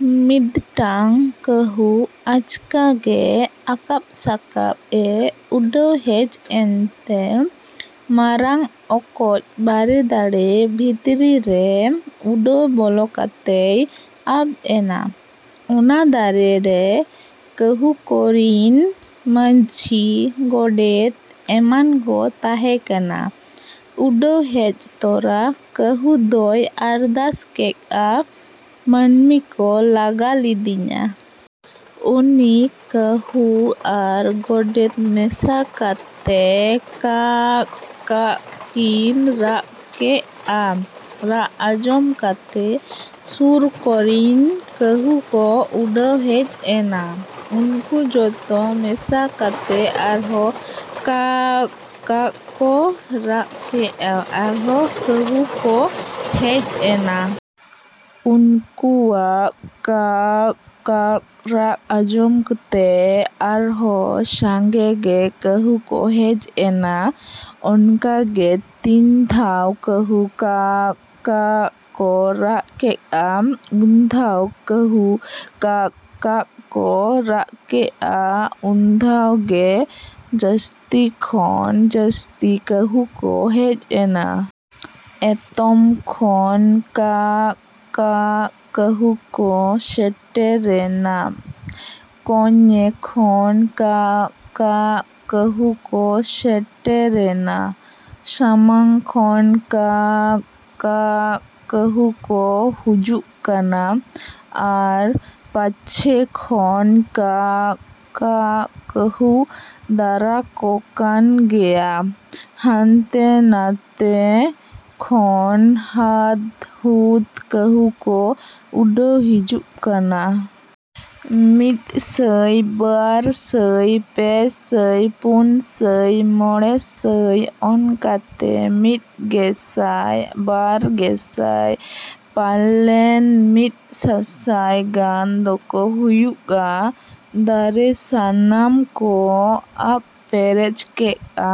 ᱢᱤᱫᱴᱟᱝ ᱠᱟᱺᱦᱩ ᱟᱪᱠᱟ ᱜᱮ ᱟᱠᱟᱵ ᱥᱟᱠᱟᱵ ᱮ ᱩᱰᱟᱹᱣ ᱦᱮᱡ ᱮᱱᱛᱮ ᱢᱟᱨᱟᱝ ᱚᱠᱚᱡ ᱵᱟᱲᱮ ᱫᱟᱨᱮ ᱵᱷᱤᱛᱨᱤ ᱨᱮ ᱩᱰᱟᱹᱣ ᱵᱚᱞᱚ ᱠᱟᱛᱮᱭ ᱟᱵ ᱮᱱᱟ᱾ ᱚᱱᱟ ᱫᱟᱨᱮ ᱨᱮ ᱠᱟᱺᱦᱩ ᱠᱚᱨᱤᱱ ᱢᱟᱹᱡᱷᱤ ᱜᱚᱰᱮᱛ ᱮᱢᱟᱱ ᱠᱚ ᱛᱟᱦᱮᱸ ᱠᱟᱱᱟ᱾ ᱩᱰᱟᱹᱣ ᱦᱮᱡ ᱛᱚᱨᱟ ᱠᱟᱺᱦᱩ ᱫᱚᱭ ᱟᱨᱫᱟᱥ ᱠᱮᱜᱼᱟ ᱢᱟᱹᱱᱢᱤ ᱠᱚ ᱞᱟᱜᱟ ᱞᱤᱫᱤᱧᱟ᱾ ᱩᱱᱤ ᱠᱟᱺᱦᱩ ᱟᱨ ᱜᱚᱰᱮᱛ ᱢᱮᱥᱟ ᱠᱟᱛᱮ ᱠᱟᱜ ᱻᱠᱟᱜ ᱠᱤᱱ ᱨᱟᱜ ᱠᱮᱜᱼᱟ᱾ ᱨᱟᱜ ᱟᱸᱡᱚᱢ ᱠᱟᱛᱮ ᱥᱩᱨ ᱠᱚᱨᱤᱱ ᱠᱟᱺᱦᱩ ᱠᱚ ᱩᱰᱟᱹᱣ ᱦᱮᱡ ᱮᱱᱟ᱾ ᱩᱱᱠᱩ ᱡᱚᱛᱚ ᱢᱮᱥᱟ ᱠᱟᱛᱮ ᱟᱨᱦᱚᱸ ᱠᱟᱜᱻ ᱠᱟᱜ ᱠᱚ ᱨᱟᱜ ᱠᱮᱜᱼᱟ ᱟᱨᱦᱚᱸ ᱠᱟᱺᱦᱩ ᱠᱚ ᱦᱮᱡ ᱮᱱᱟ᱾ ᱩᱱᱠᱩᱣᱟᱜ ᱠᱟᱜ ᱻᱠᱟᱜ ᱨᱟᱜ ᱟᱸᱡᱚᱢ ᱛᱮ ᱟᱨᱦᱚᱸ ᱥᱟᱸᱜᱮ ᱜᱮ ᱠᱟᱺᱦᱩ ᱠᱚ ᱦᱮᱡ ᱮᱱᱟ᱾ ᱚᱱᱠᱟ ᱜᱮ ᱛᱤᱱ ᱫᱷᱟᱣ ᱠᱟᱺᱦᱩ ᱠᱟᱜ ᱻᱠᱟᱜ ᱠᱚ ᱨᱟᱜ ᱠᱮᱜᱼᱟ ᱩᱱᱫᱷᱟᱣ ᱠᱟᱺᱦᱩ ᱠᱟᱜ ᱻᱠᱟᱜ ᱠᱚ ᱨᱟᱜ ᱠᱮᱜᱼᱟ ᱩᱱᱫᱷᱟᱣ ᱜᱮ ᱡᱟᱹᱥᱛᱤ ᱠᱷᱚᱱ ᱡᱟᱹᱥᱛᱤ ᱠᱟᱺᱦᱩ ᱠᱚ ᱦᱮᱡ ᱮᱱᱟ᱾ ᱮᱛᱚᱢ ᱠᱷᱚᱱ ᱠᱟᱜᱻ ᱠᱟᱜ ᱠᱟᱺᱦᱩ ᱠᱚ ᱥᱮᱴᱮᱨᱮᱱᱟ᱾ ᱠᱚᱧᱮ ᱠᱷᱚᱱ ᱠᱟᱜ ᱻᱠᱟᱜ ᱠᱟᱺᱦᱩ ᱠᱚ ᱥᱮᱴᱮᱨᱮᱱᱟ᱾ ᱥᱟᱢᱟᱝ ᱠᱷᱚᱱ ᱠᱟᱜᱻ ᱠᱟᱜ ᱠᱟᱹᱦᱩ ᱠᱚ ᱦᱩᱡᱩᱜ ᱠᱟᱱᱟ ᱾ᱟᱨ ᱯᱟᱪᱷᱮ ᱠᱷᱚᱱ ᱠᱟᱜᱻ ᱠᱟᱜ ᱠᱟᱺᱦᱩ ᱫᱟᱨᱟ ᱠᱚ ᱠᱟᱱ ᱜᱮᱭᱟ᱾ ᱦᱟᱱᱛᱮ ᱱᱟᱛᱮ ᱠᱷᱚᱱ ᱦᱟᱫᱽ ᱦᱩᱫᱽ ᱠᱟᱺᱦᱩ ᱠᱚ ᱩᱰᱟᱹᱣ ᱦᱤᱡᱩᱜ ᱠᱟᱱᱟ᱾ ᱢᱤᱫ ᱥᱟᱹᱭ ᱵᱟᱨ ᱥᱟᱹᱭ ᱯᱮ ᱥᱟᱹᱭ ᱯᱩᱱ ᱥᱟᱹᱭ ᱢᱚᱬᱮ ᱥᱟᱹᱭ ᱚᱱᱠᱟᱛᱮ ᱢᱤᱫ ᱜᱮᱥᱟᱹᱭ ᱵᱟᱨ ᱜᱮᱥᱟᱹᱭ ᱯᱟᱞᱮᱱ ᱢᱤᱫ ᱥᱟᱥᱟᱹᱭ ᱜᱟᱱ ᱫᱚᱠᱚ ᱦᱩᱭᱩᱜᱼᱟ ᱾ᱫᱟᱨᱮ ᱥᱟᱱᱟᱢ ᱠᱚ ᱟᱵ ᱯᱮᱨᱮᱡ ᱠᱮᱜᱼᱟ᱾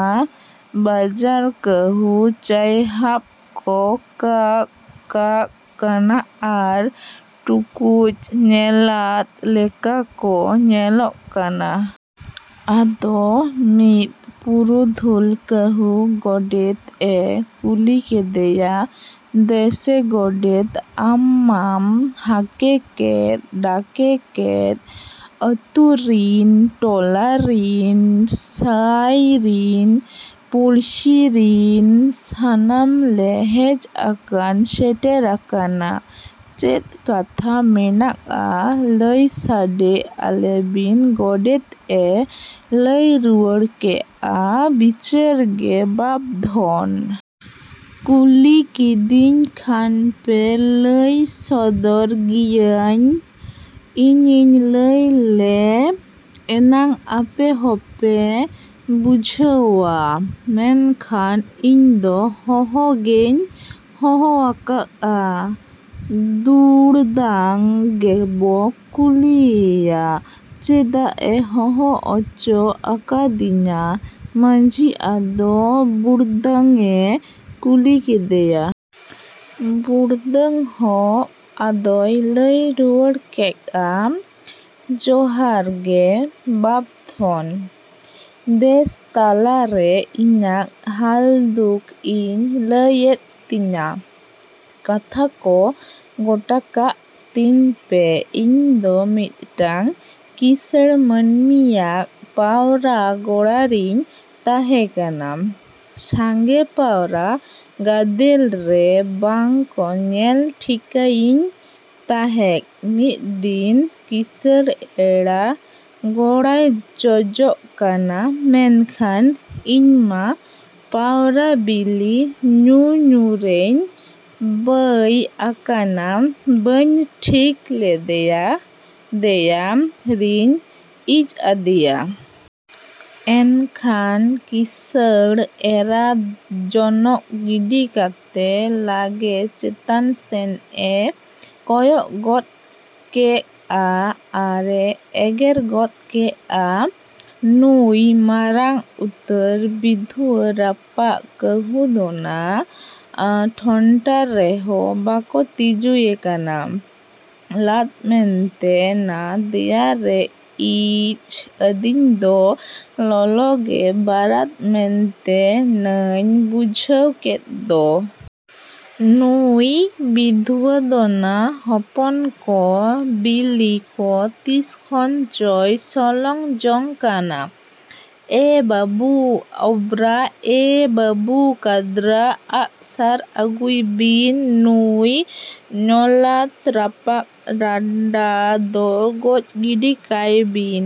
ᱵᱟᱡᱟᱨ ᱠᱟᱺᱦᱩ ᱪᱟᱭᱦᱟᱵ ᱠᱚ ᱠᱟᱜᱻ ᱠᱟᱜ ᱠᱟᱱᱟ ᱟᱨ ᱴᱩᱠᱩᱡ ᱧᱚᱞᱷᱟᱫ ᱞᱮᱠᱟ ᱠᱚ ᱧᱮᱞᱚᱜ ᱠᱟᱱᱟ᱾ ᱟᱫᱚ ᱢᱤᱫ ᱯᱩᱨᱩᱫᱷᱩᱞ ᱠᱟᱺᱦᱩ ᱜᱚᱰᱮᱛ ᱮ ᱠᱩᱞᱤ ᱠᱮᱫᱮᱭᱟ ᱫᱮᱥᱮ ᱜᱚᱰᱮᱛ ᱟᱢ ᱢᱟᱢ ᱦᱟᱠᱮ ᱠᱮᱫ ᱰᱟᱠᱮ ᱠᱮᱫ ᱟᱹᱛᱩ ᱨᱤᱱ ᱴᱚᱞᱟ ᱨᱤᱱ ᱥᱟᱹᱭ ᱨᱤᱱ ᱯᱩᱲᱥᱤ ᱨᱤᱱ ᱥᱟᱱᱟᱢ ᱞᱮ ᱦᱮᱡ ᱟᱠᱟᱱ ᱥᱮᱴᱮᱨ ᱟᱠᱟᱱᱟ᱾ ᱪᱮᱫ ᱠᱟᱛᱷᱟ ᱢᱮᱱᱟᱜᱼᱟ ᱞᱟᱹᱭ ᱥᱟᱰᱮ ᱟᱞᱮ ᱵᱤᱱ ᱜᱚᱰᱮᱛ ᱮ ᱞᱟᱹᱭ ᱨᱩᱣᱟᱹᱲ ᱠᱮᱜᱼᱟ ᱵᱤᱪᱟᱹᱨ ᱜᱮ ᱵᱟᱯ ᱫᱷᱚᱱ᱾ ᱠᱩᱞᱤ ᱠᱤᱫᱤᱧ ᱠᱷᱟᱱ ᱯᱮ ᱞᱟᱹᱭ ᱥᱚᱫᱚᱨ ᱜᱮᱭᱟᱹᱧ᱾ ᱤᱧᱤᱧ ᱞᱟᱹᱭ ᱞᱮ ᱮᱱᱟᱝ ᱟᱯᱮ ᱦᱚᱸᱯᱮ ᱵᱩᱡᱷᱟᱹᱣᱟ᱾ ᱢᱮᱱᱠᱷᱟᱱ ᱤᱧ ᱫᱚ ᱦᱚᱦᱚ ᱜᱮᱧ ᱦᱚᱦᱚ ᱟᱠᱟᱜᱼᱟ ᱾ ᱰᱩᱲᱫᱟᱹᱝ ᱜᱮᱵᱚ ᱠᱩᱞᱤ ᱮᱭᱟ ᱾ ᱪᱮᱫᱟᱜ ᱮ ᱦᱚᱦᱚ ᱚᱪᱚ ᱟᱠᱟᱫᱤᱧᱟ ᱢᱟᱺᱡᱷᱤ ᱟᱫᱚ ᱵᱩᱲᱫᱟᱹᱝ ᱮ ᱠᱩᱞᱤ ᱠᱮᱫᱮᱭᱟ᱾ ᱵᱩᱲᱫᱟᱹᱝ ᱦᱚᱸ ᱟᱫᱚᱭ ᱞᱟᱹᱭ ᱨᱩᱣᱟᱹᱲ ᱠᱮᱜᱼᱟ ᱾ᱡᱚᱦᱟᱨ ᱜᱮ ᱵᱟᱯᱼᱫᱷᱚᱱ᱾ ᱫᱮᱥ ᱛᱟᱞᱟᱨᱮ ᱤᱧᱟᱜ ᱦᱟᱞᱫᱩᱠ ᱤᱧ ᱞᱟᱹᱭ ᱮᱫ ᱛᱤᱧᱟ᱾ ᱠᱟᱛᱷᱟ ᱠᱚ ᱜᱚᱴᱟᱠᱟᱜ ᱛᱤᱧ ᱯᱮ ᱤᱧ ᱫᱚ ᱢᱤᱫᱴᱟᱝ ᱠᱤᱥᱟᱹᱬ ᱢᱟᱹᱱᱢᱤᱭᱟᱜ ᱯᱟᱣᱨᱟ ᱜᱚᱲᱟ ᱨᱤᱧ ᱛᱟᱦᱮᱸ ᱠᱟᱱᱟ᱾ ᱥᱟᱸᱜᱮ ᱯᱟᱣᱨᱟ ᱜᱟᱫᱮᱞ ᱨᱮ ᱵᱟᱝ ᱠᱚ ᱧᱮᱞ ᱴᱷᱤᱠᱟᱹᱭᱤᱧ ᱛᱟᱦᱮᱸᱜ ᱢᱤᱫ ᱫᱤᱱ ᱠᱤᱥᱟᱹᱬ ᱮᱨᱟ ᱜᱚᱲᱟᱭ ᱡᱚᱡᱚᱜ ᱠᱟᱱᱟ ᱢᱮᱱᱠᱷᱟᱱ ᱤᱧ ᱢᱟ ᱯᱟᱣᱨᱟ ᱵᱤᱞᱤ ᱧᱩ ᱧᱩ ᱨᱮᱧ ᱵᱟᱹᱭ ᱟᱠᱟᱱᱟ ᱵᱟᱹᱧ ᱴᱷᱤᱜ ᱞᱮᱫᱮᱭᱟ ᱫᱮᱭᱟ ᱨᱤᱧ ᱤᱡ ᱟᱫᱮᱭᱟ᱾ ᱮᱱᱠᱷᱟᱱ ᱠᱤᱥᱟᱹᱬ ᱮᱨᱟ ᱡᱚᱱᱚᱜ ᱜᱤᱰᱤ ᱠᱟᱛᱮ ᱞᱟᱜᱮ ᱪᱮᱛᱟᱱ ᱥᱮᱱ ᱮ ᱠᱚᱭᱚᱜ ᱜᱚᱫ ᱠᱮᱜᱼᱟ ᱟᱨ ᱮ ᱮᱜᱮᱨ ᱜᱚᱫ ᱠᱮᱜᱼᱟ ᱱᱩᱭ ᱢᱟᱨᱟᱝ ᱩᱛᱟᱹᱨ ᱵᱤᱫᱷᱩᱣᱟᱹ ᱨᱟᱯᱟᱜ ᱠᱟᱺᱦᱩ ᱫᱚᱱᱟ ᱴᱷᱚᱱᱴᱟ ᱨᱮᱦᱚᱸ ᱵᱟᱠᱚ ᱛᱤᱡᱩᱭᱮ ᱠᱟᱱᱟ᱾ ᱞᱟᱫᱽ ᱢᱮᱱᱛᱮ ᱱᱟ ᱫᱮᱭᱟ ᱨᱮ ᱤᱡ ᱟᱹᱫᱤᱧ ᱫᱚ ᱞᱚᱞᱚᱜᱮ ᱵᱟᱨᱟᱫ ᱢᱮᱱᱛᱮ ᱱᱟᱹᱧ ᱵᱩᱡᱷᱟᱹᱣ ᱠᱮᱫ ᱫᱚ᱾ ᱱᱩᱭ ᱵᱤᱫᱷᱩᱣᱟᱹ ᱫᱚᱱᱟ ᱦᱚᱯᱚᱱ ᱠᱚ ᱵᱤᱞᱤ ᱠᱚ ᱛᱤᱥ ᱠᱷᱚᱱ ᱪᱚᱭ ᱥᱚᱞᱚᱝ ᱡᱚᱝ ᱠᱟᱱᱟ᱾ ᱮ ᱵᱟᱹᱵᱩ ᱚᱵᱽᱨᱟ ᱮ ᱵᱟᱹᱵᱩ ᱠᱟᱸᱫᱽᱨᱟ ᱟᱜᱼᱥᱟᱨ ᱟᱹᱜᱩᱭ ᱵᱤᱱ ᱼ ᱱᱩᱭ ᱧᱚᱞᱷᱟᱫ ᱨᱟᱯᱟᱜ ᱨᱟᱸᱰᱟ ᱫᱚ ᱜᱚᱡ ᱜᱤᱰᱤ ᱠᱟᱭ ᱵᱤᱱ᱾